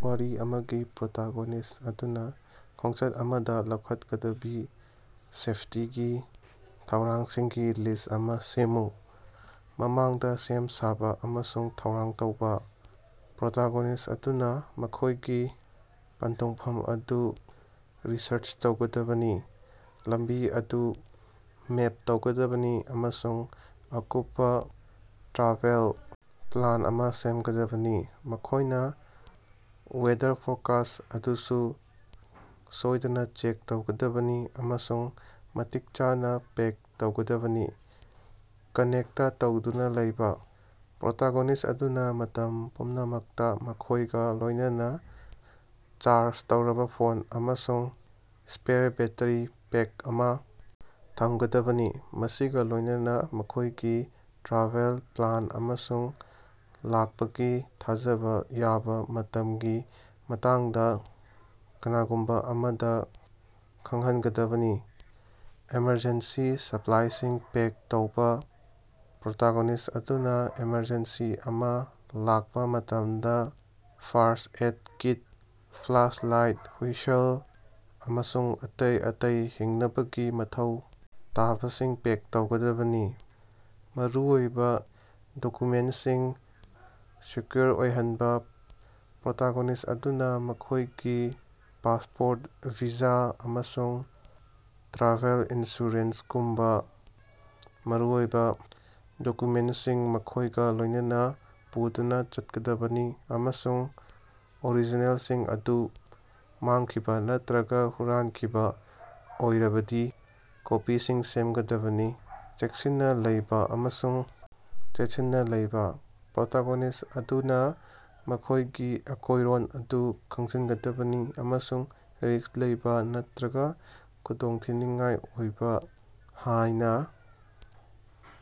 ꯋꯥꯔꯤ ꯑꯃꯒꯤ ꯄ꯭ꯔꯣꯇꯥꯒꯣꯅꯤꯁ꯭ꯠ ꯑꯗꯨꯅ ꯈꯣꯡꯆꯠ ꯑꯃꯗ ꯂꯧꯈꯠꯀꯗꯕꯤ ꯁꯦꯐꯇꯤꯒꯤ ꯊꯧꯔꯥꯡꯁꯤꯡꯒꯤ ꯂꯤꯁ꯭ꯠ ꯑꯃ ꯁꯦꯝꯃꯨ꯫ ꯃꯃꯥꯡꯗ ꯁꯦꯝ ꯁꯥꯕ‌ ꯑꯃꯁꯨꯡ ꯊꯧꯔꯥꯡ ꯇꯧꯕ - ꯄ꯭ꯔꯣꯇꯤꯒꯣꯅꯤꯁ꯭ꯠ ꯑꯗꯨꯅ ꯃꯈꯣꯏꯒꯤ ꯄꯟꯊꯨꯡꯐꯝ ꯑꯗꯨ ꯔꯤꯁꯔꯆ ꯇꯧꯒꯗꯕꯅꯤ, ꯂꯝꯕꯤ ꯑꯗꯨ ꯃꯦꯞ ꯇꯧꯒꯗꯕꯅꯤ ꯑꯃꯁꯨꯡ ꯑꯀꯨꯞꯄ ꯇ꯭ꯔꯥꯚꯦꯜ ꯄ꯭ꯂꯥꯟ ꯑꯃ ꯁꯦꯝꯒꯗꯕꯅꯤ꯫ ꯃꯈꯣꯏꯅ ꯋꯦꯗꯔ ꯐꯣꯔꯀꯥꯁ꯭ꯠ ꯑꯗꯨꯁꯨ ꯁꯣꯏꯗꯅꯥ ꯆꯦꯛ ꯇꯧꯒꯗꯕꯅꯤ ꯑꯃꯁꯨꯡ ꯃꯇꯤꯛ ꯆꯥꯅ ꯄꯦꯛ ꯇꯧꯒꯗꯕꯅꯤ꯫ ꯀꯥꯅꯦ꯭ꯛꯇ ꯇꯧꯗꯨꯅ ꯂꯩꯕ‌ - ꯄ꯭ꯔꯣꯇꯥꯒꯣꯅꯤꯁ꯭ꯠ ꯑꯗꯨꯅ ꯃꯇꯝ ꯄꯨꯝꯅꯃꯛꯇ ꯃꯈꯣꯏꯒ ꯂꯣꯏꯅꯅꯥ ꯆꯥꯔꯖ ꯇꯧꯔꯕ ꯐꯣꯟ ꯑꯃꯁꯨꯡ ꯁ꯭ꯄꯦꯌꯥꯔ ꯕꯦꯠꯇ꯭ꯔꯤ ꯄꯦꯛ ꯑꯃ ꯊꯝꯒꯗꯕꯅꯤ, ꯃꯁꯤꯒ ꯂꯣꯏꯅꯅꯥ ꯃꯈꯣꯏꯒꯤ ꯇ꯭ꯔꯥꯚꯦꯜ ꯄ꯭ꯂꯥꯟ ꯑꯃꯁꯨꯡ ꯂꯥꯛꯄꯒꯤ ꯊꯥꯖꯕꯥ ꯌꯥꯕ ꯃꯇꯝꯒꯤ ꯃꯇꯥꯡꯗ ꯀꯅꯥꯒꯨꯝꯕ ꯑꯃꯗ ꯈꯪꯍꯟꯒꯗꯕꯅꯤ꯫ ꯑꯦꯃꯔꯖꯦꯟꯁꯤ ꯁꯄ꯭ꯂꯥꯏꯁꯤꯡ ꯄꯦꯛ ꯇꯧꯕ- ꯄ꯭ꯔꯣꯇꯥꯒꯣꯅꯤꯁ꯭ꯠ ꯑꯗꯨꯅ ꯑꯦꯃꯔꯖꯦꯟꯁꯤ ꯑꯃ ꯂꯥꯛꯄ ꯃꯇꯝꯗ ꯐꯥꯔꯁ꯭ꯠ-ꯑꯦꯗ ꯀꯤꯠ, ꯐ꯭ꯂꯥꯁꯂꯥꯏꯠ, ꯍꯨꯏꯁꯜ, ꯑꯃꯁꯨꯡ ꯑꯇꯩ ꯑꯇꯩ ꯍꯤꯡꯅꯕꯒꯤ ꯃꯊꯧ ꯇꯥꯕꯁꯤꯡ ꯄꯦꯛ ꯇꯧꯒꯗꯕꯅꯤ꯫ ꯃꯔꯨꯑꯣꯏꯕ ꯗꯣꯀ꯭ꯌꯨꯃꯦꯟꯇꯁꯤꯡ ꯁꯦꯀ꯭ꯌꯨꯔ ꯑꯣꯏꯍꯟꯕ- ꯄ꯭ꯔꯣꯇꯥꯒꯣꯅꯤꯁ꯭ꯠ ꯑꯗꯨꯅ ꯃꯈꯣꯏꯒꯤ ꯄꯥꯁꯄꯣꯔꯠ, ꯚꯤꯖꯥ, ꯑꯃꯁꯨꯡ ꯇ꯭ꯔꯥꯚꯦꯜ ꯏꯟꯁꯨꯔꯦꯟꯁꯀꯨꯝꯕ ꯃꯔꯨꯑꯣꯏꯕ ꯗꯣꯀ꯭ꯌꯨꯃꯦꯟꯇꯁꯤꯡ ꯃꯈꯣꯏꯒ ꯂꯣꯏꯅꯅꯥ ꯄꯨꯗꯨꯅ ꯆꯠꯀꯗꯕꯅꯤ, ꯑꯃꯁꯨꯡ ꯑꯣꯔꯤꯖꯤꯅꯦꯜꯁꯤꯡ ꯑꯗꯨ ꯃꯥꯡꯈꯤꯕ ꯅꯠꯇꯔꯒ ꯍꯨꯔꯥꯟꯈꯤꯕ ꯑꯣꯏꯔꯕꯗꯤ ꯀꯣꯄꯤꯁꯤꯡ ꯁꯦꯝꯒꯗꯕꯅꯤ꯫ ꯆꯦꯛꯁꯤꯟꯅ ꯂꯩꯕ ꯑꯃꯁꯨꯡ ꯆꯦꯠꯁꯤꯟꯅ ꯂꯩꯕ - ꯄ꯭ꯔꯣꯇꯣꯒꯣꯅꯤꯁ꯭ꯠ ꯑꯗꯨꯅ ꯃꯈꯣꯏꯒꯤ ꯑꯀꯣꯏꯔꯣꯟ ꯑꯗꯨ ꯈꯪꯖꯤꯟꯒꯗꯕꯅꯤ ꯑꯃꯁꯨꯡ ꯔꯤꯁ꯭ꯛ ꯂꯩꯕ ꯅꯠꯇꯔꯒ ꯈꯨꯗꯣꯡꯊꯤꯅꯤꯉꯥꯏ ꯑꯣꯏ ꯍꯥꯏꯅ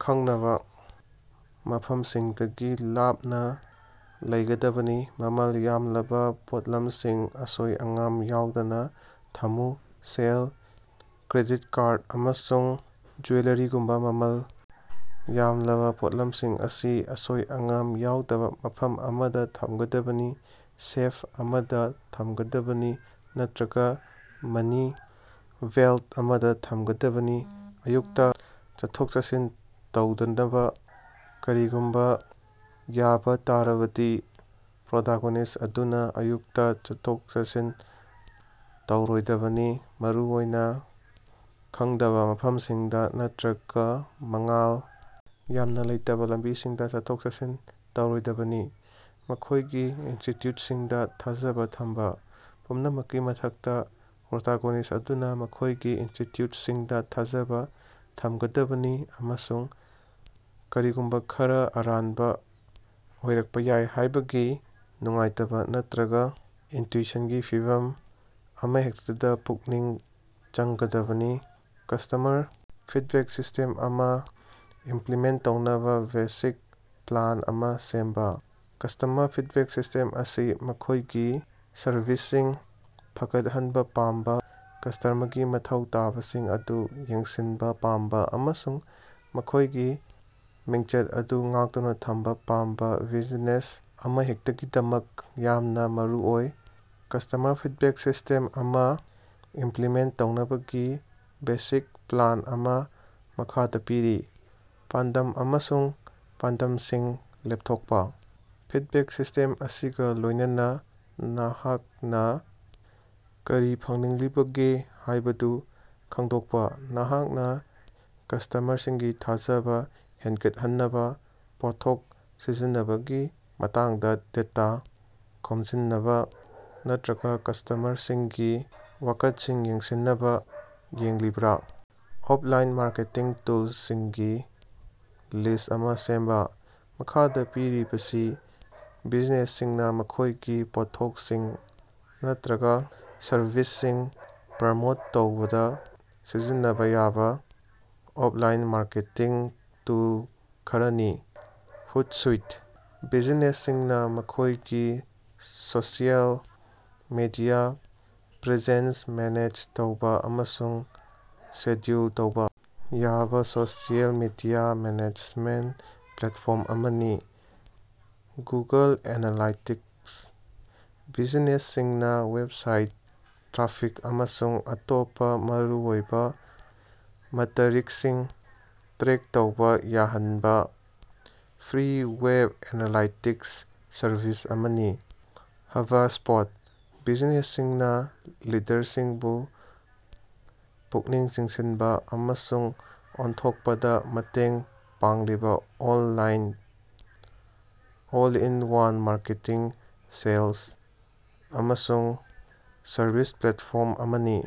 ꯈꯪꯅꯕ ꯃꯐꯝꯁꯤꯡꯗꯒꯤ ꯂꯥꯞꯅ ꯂꯩꯒꯗꯕꯅꯤ꯫ ꯃꯃꯜ ꯌꯥꯝꯂꯕꯥ ꯄꯣꯠꯂꯝꯁꯤꯡ ꯑꯁꯣꯏ-ꯑꯉꯥꯝ ꯌꯥꯎꯗꯅꯥ ꯊꯝꯃꯨ - ꯁꯦꯜ, ꯀ꯭ꯔꯦꯗꯤꯠ ꯀꯥꯔꯗ, ꯑꯃꯁꯨꯡ ꯖꯨꯋꯦꯂꯔꯤꯒꯨꯝꯕ ꯃꯃꯜ ꯌꯥꯝꯂꯕꯥ ꯄꯣꯠꯂꯝꯁꯤꯡ ꯑꯁꯤ ꯑꯁꯣꯏ-ꯑꯉꯥꯝ ꯌꯥꯎꯗꯕꯥ ꯃꯐꯝ ꯑꯃꯗ ꯊꯝꯒꯗꯕꯅꯤ, ꯁꯦꯐ ꯑꯃꯗ ꯊꯝꯒꯗꯕꯅꯤ ꯅꯠꯇꯔꯒ ꯃꯅꯤ ꯕꯦꯜꯇ ꯑꯃꯗ ꯊꯝꯒꯗꯕꯅꯤ꯫ ꯑꯌꯨꯛꯇ ꯆꯠꯊꯣꯛ-ꯆꯠꯁꯤꯟ ꯇꯧꯗꯅꯕꯥ - ꯀꯔꯤꯒꯨꯝꯕ ꯋꯥꯕ ꯇꯥꯔꯕꯗꯤ, ꯄ꯭ꯔꯣꯇꯥꯒꯣꯅꯤꯁ꯭ꯠ ꯑꯗꯨꯅ ꯑꯌꯨꯛꯇ ꯆꯠꯊꯣꯛ-ꯆꯠꯁꯤꯟ ꯇꯧꯔꯣꯏꯗꯕꯅꯤ, ꯃꯔꯨꯑꯣꯏꯅ ꯈꯪꯗꯕ ꯃꯐꯝꯁꯤꯡꯗ ꯅꯠꯇ꯭ꯔꯒ ꯃꯉꯥꯜ ꯌꯥꯝꯅ ꯂꯩꯇꯕꯥ ꯂꯝꯕꯤꯁꯤꯡꯗ ꯆꯠꯊꯣꯛ-ꯆꯠꯁꯤꯟ ꯇꯧꯔꯣꯏꯗꯕꯅꯤ꯫ ꯃꯈꯣꯏꯒꯤ ꯏꯟ꯭ꯁꯇꯤꯇ꯭ꯌꯨꯠꯁꯤꯡꯗ ꯊꯥꯖꯕꯥ ꯊꯝꯕ - ꯄꯨꯝꯅꯃꯛꯀꯤ ꯃꯊꯛꯇ, ꯄ꯭ꯔꯣꯇꯥꯒꯣꯅꯤꯁ꯭ꯠ ꯑꯗꯨꯅ ꯃꯈꯣꯏꯒꯤ ꯏꯟ꯭ꯁꯇꯤꯇ꯭ꯌꯨꯠꯁꯤꯡꯗ ꯊꯥꯖꯕ ꯊꯝꯒꯗꯕꯅꯤ ꯑꯃꯁꯨꯡ ꯀꯔꯤꯒꯨꯝꯕ ꯈꯔꯥ ꯑꯔꯥꯟꯕ ꯑꯣꯏꯔꯛꯄ ꯌꯥꯏ ꯍꯥꯏꯕꯒꯤ ꯅꯨꯡꯉꯥꯏꯇꯕꯥ ꯅꯠꯇꯔꯒ ꯏꯟꯁꯇ꯭ꯌꯨꯏꯁꯟꯒꯤ ꯐꯤꯚꯝ ꯑꯃꯍꯦꯛꯇꯗꯥ ꯄꯨꯛꯅꯤꯡ ꯆꯪꯒꯗꯕꯅꯤ꯫ ꯀꯁꯇꯃꯔ ꯐꯤꯗꯕꯦꯛ ꯁꯤꯁꯇꯦꯝ ꯑꯃ ꯏꯝꯄꯂꯤꯃꯦꯟꯇ ꯇꯧꯅꯕ ꯕꯦꯁꯤꯛ ꯄ꯭ꯂꯥꯟ ꯑꯃ ꯁꯦꯝꯕ꯫ ꯀꯁꯇꯃꯔ ꯐꯤꯗꯕꯦꯛ ꯁꯤꯁꯇꯦꯝ ꯑꯁꯤ ꯃꯈꯣꯏꯒꯤ ꯁꯔꯚꯤꯁꯁꯤꯡ ꯐꯒꯠꯍꯟꯕ ꯄꯥꯝꯕ, ꯀꯁꯇꯃꯔꯒꯤ ꯃꯊꯧ ꯇꯥꯕꯁꯤꯡ ꯑꯗꯨ ꯌꯦꯡꯁꯤꯟꯕ ꯄꯥꯝꯕ ꯑꯃꯁꯨꯡ ꯃꯈꯣꯏꯒꯤ ꯃꯤꯡꯆꯠ ꯑꯗꯨ ꯉꯥꯛꯇꯨꯅ ꯊꯝꯕ ꯄꯥꯝꯕ ꯕꯤꯖꯤꯅꯦꯁ ꯑꯃꯍꯦꯛꯇꯒꯤꯗꯃꯛ ꯌꯥꯝꯅ ꯃꯔꯨꯑꯣꯏ꯫ ꯀꯁꯇꯃꯔ ꯐꯤꯗꯕꯦꯛ ꯁꯤꯁꯇꯦꯝ ꯑꯃ ꯏꯝꯄ꯭ꯂꯤꯃꯦꯟꯇ ꯇꯧꯅꯕꯒꯤ ꯕꯦꯁꯤꯛ ꯄ꯭ꯂꯥꯟ ꯑꯃ ꯃꯈꯥꯗ ꯄꯤꯔꯤ ꯄꯥꯟꯗꯝ ꯑꯃꯁꯨꯡ ꯄꯥꯟꯗꯝꯁꯤꯡ ꯂꯦꯞꯊꯣꯛꯄ ꯐꯤꯗꯕꯦꯛ ꯁꯤꯁꯇꯦꯝ ꯑꯁꯤꯒ ꯂꯣꯏꯅꯅꯥ ꯅꯍꯥꯛꯅꯥ ꯀꯔꯤ ꯐꯪꯅꯤꯡꯂꯤꯕꯒꯦ ꯍꯥꯏꯕꯗꯨ ꯈꯪꯗꯣꯛꯄ꯫ ꯅꯍꯥꯛꯅ ꯀꯁꯇꯃꯔꯁꯤꯡꯒꯤ ꯊꯥꯖꯕ ꯍꯦꯟꯒꯠꯍꯟꯅꯕ, ꯄꯣꯠꯊꯣꯛ ꯁꯤꯖꯤꯟꯅꯕꯒꯤ ꯃꯇꯥꯡꯗ ꯗꯦꯇꯥ ꯈꯣꯝꯖꯤꯟꯅꯕꯥ, ꯅꯠꯇ꯭ꯔꯒ ꯀꯁꯇꯃꯔꯁꯤꯡꯒꯤ ꯋꯥꯀꯠꯁꯤꯡ ꯌꯦꯡꯁꯤꯟꯅꯕ ꯌꯦꯡꯂꯤꯕ꯭ꯔꯥ? ꯑꯣꯞꯂꯥꯏꯟ ꯃꯥꯔꯀꯦꯇꯤꯡ ꯇꯨꯜꯁꯤꯡꯒꯤ ꯂꯤꯁ꯭ꯠ ꯑꯃ ꯁꯦꯝꯕ꯫ ꯃꯈꯥꯗ ꯄꯤꯔꯤꯕꯁꯤ ꯕꯤꯖꯤꯅꯦꯁꯁꯤꯡꯅ ꯃꯈꯣꯏꯒꯤ ꯄꯣꯠꯊꯣꯛꯁꯤꯡ ꯅꯠꯇꯔꯒ ꯁꯔꯚꯤꯁꯁꯤꯡ ꯄ꯭ꯔꯃꯣꯠ ꯇꯧꯕꯗ ꯁꯤꯖꯤꯟꯅꯕꯥ ꯌꯥꯕ ꯑꯣꯞꯂꯥꯏꯟ ꯃꯥꯔꯀꯦꯇꯤꯡ ꯇꯨꯜ ꯈꯔꯥꯅꯤ, ꯍꯨꯠꯁꯨꯏꯠ - ꯕꯤꯖꯤꯅꯦꯁꯁꯤꯡꯅ ꯃꯈꯣꯏꯒꯤ ꯁꯣꯁꯤꯑꯦꯜ ꯃꯤꯗꯤꯌꯥ ꯄ꯭ꯔꯦꯖꯦꯟꯁ ꯃꯦꯅꯦꯖ ꯇꯧꯕ ꯑꯃꯁꯨꯡ ꯁꯦꯗ꯭ꯌꯨꯜ ꯇꯧꯕ ꯌꯥꯕ ꯁꯣꯁꯤꯑꯦꯜ ꯃꯤꯗꯤꯌꯥ ꯃꯦꯅꯦꯖꯃꯦꯟꯇ ꯄ꯭ꯂꯦꯠꯐꯣꯔꯝ ꯑꯃꯅꯤ꯫ ꯒꯨꯒꯜ ꯑꯦꯅꯥꯂꯥꯏꯇꯤꯛꯁ -ꯕꯤꯖꯤꯅꯦꯁꯁꯤꯡꯅ ꯋꯦꯕꯁꯥꯏꯠ ꯇ꯭ꯔꯥꯐꯤꯛ ꯑꯃꯁꯨꯡ ꯑꯇꯣꯞꯄ ꯃꯔꯨꯑꯣꯏꯕ ꯃꯇꯔꯤꯛꯁꯤꯡ ꯇ꯭ꯔꯦꯛ ꯇꯧꯕ ꯌꯥꯍꯟꯕ ꯐ꯭ꯔꯤ ꯋꯦꯕ ꯑꯦꯅꯥꯂꯥꯏꯇꯤꯛꯁ ꯁꯔꯚꯤꯁ ꯑꯃꯅꯤ꯫ ꯍꯕꯁ꯭ꯄꯣꯠ - ꯕꯤꯖꯤꯅꯦꯁꯁꯤꯡꯅ ꯂꯤꯗꯔꯁꯤꯡꯕꯨ ꯄꯨꯛꯅꯤꯡ ꯆꯤꯡꯁꯤꯟꯕ ꯑꯃꯁꯨꯡ ꯑꯣꯟꯊꯣꯛꯄꯗ ꯃꯇꯦꯡ ꯄꯥꯡꯂꯤꯕ ꯑꯣꯜ-ꯏꯟ-ꯋꯥꯟ ꯃꯥꯔꯀꯦꯇꯤꯡ, ꯁꯦꯜꯁ, ꯑꯃꯁꯨꯡ ꯁꯔꯕꯤꯁ ꯄ꯭ꯂꯦꯠꯐꯣꯔꯝ ꯑꯃꯅꯤ꯫